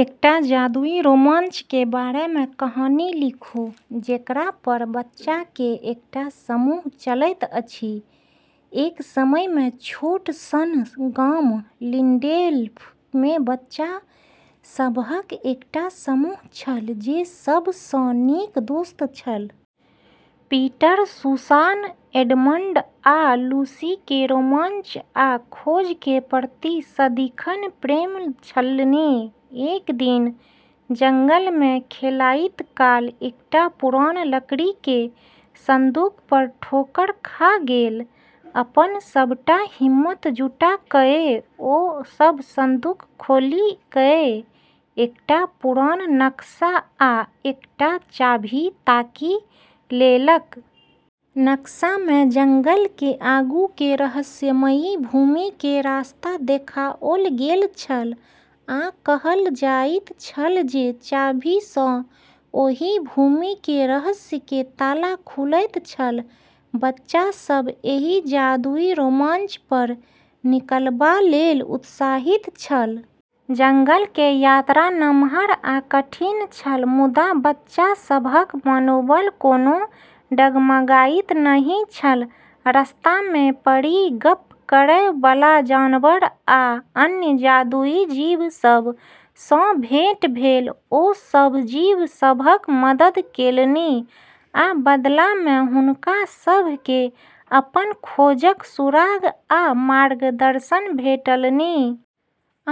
एकटा जादुई रोमांच के बारे में कहानी लिखू जेकरा पर बच्चा के एकटा समूह चलैत अछि। एक समय मे छोट सन गाम लिंडेल्फ मे बच्चा सबहक एकटा समूह छल जे सब सं नीक दोस्त छल। पीटर, सुसान, एडमंड आ लूसी के रोमांच आ खोज के प्रति सदिखन प्रेम छलनि। एक दिन जंगल मे खेलाइत काल एकटा पुरान लकड़ी के संदूक पर ठोकर खा गेल। अपन सबटा हिम्मत जुटा कए ओ सब संदूक खोलि कए एकटा पुरान नक्शा आ एकटा चाभी ताकि लेलक। नक्शा मे जंगल के आगू के रहस्यमयी भूमि के रास्ता देखाओल गेल छल, आ कहल जाइत छल जे चाभी सँ ओहि भूमि के रहस्य के ताला खुलैत छल। बच्चा सब एहि जादुई रोमांच पर निकलबा लेल उत्साहित छल। जंगल के यात्रा नम्हर आ कठिन छल, मुदा बच्चा सभक मनोबल कोनो डगमगाइत नहि छल। रस्ता मे परी, गप्प करय बला जानवर, आ अन्य जादुई जीव सब सँ भेंट भेल। ओ सभ जीव सभक मदद केलनि, आ बदला मे हुनका सभ केँ अपन खोजक सुराग आ मार्गदर्शन भेटलनि।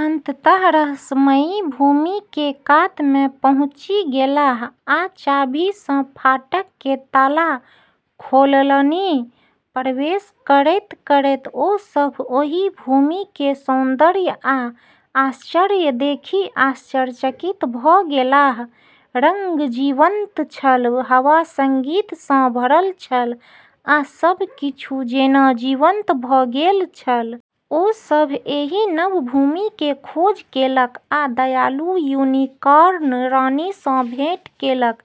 अन्ततः रहस्यमयी भूमि के कात मे पहुँचि गेलाह आ चाभी सँ फाटक के ताला खोललनि। प्रवेश करैत-करैत ओ सभ ओहि भूमि के सौन्दर्य आ आश्चर्य देखि आश्चर्यचकित भ' गेलाह। रंग जीवंत छल, हवा संगीत सँ भरल छल, आ सब किछु जेना जीवंत भऽ गेल छल। ओ सभ एहि नव भूमि के खोज केलक आ दयालु यूनिकॉर्न रानी सँ भेंट केलक,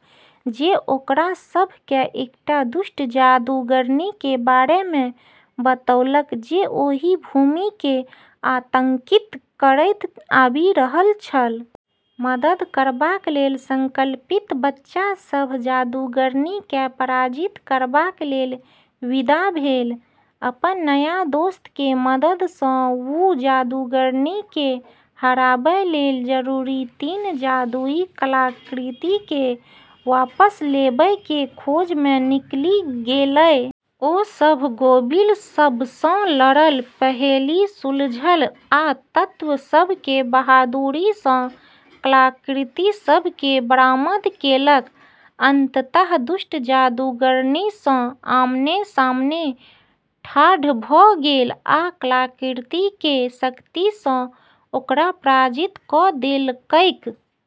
जे ओकरा सभ केँ एकटा दुष्ट जादूगरनी के बारे मे बतौलक जे ओहि भूमि केँ आतंकित करैत आबि रहल छल। मदद करबाक लेल संकल्पित बच्चा सभ जादूगरनी केँ पराजित करबाक लेल विदा भेल। अपन नया दोस्त के मदद सँ वू जादूगरनी केँ हराबै लेल जरूरी तीन जादुई कलाकृति केँ वापस लेबै के खोज मे निकली गेलै। ओ सभ गोबिल सबसँ लड़ल, पहेली सुलझल आ तत्व सब के बहादुरी सँ कलाकृति सब केँ बरामद केलक। अंततः दुष्ट जादूगरनी सँ आमने-सामने ठाढ़ भ' गेल आ कलाकृति के शक्ति सँ ओकरा पराजित क' देलकैक।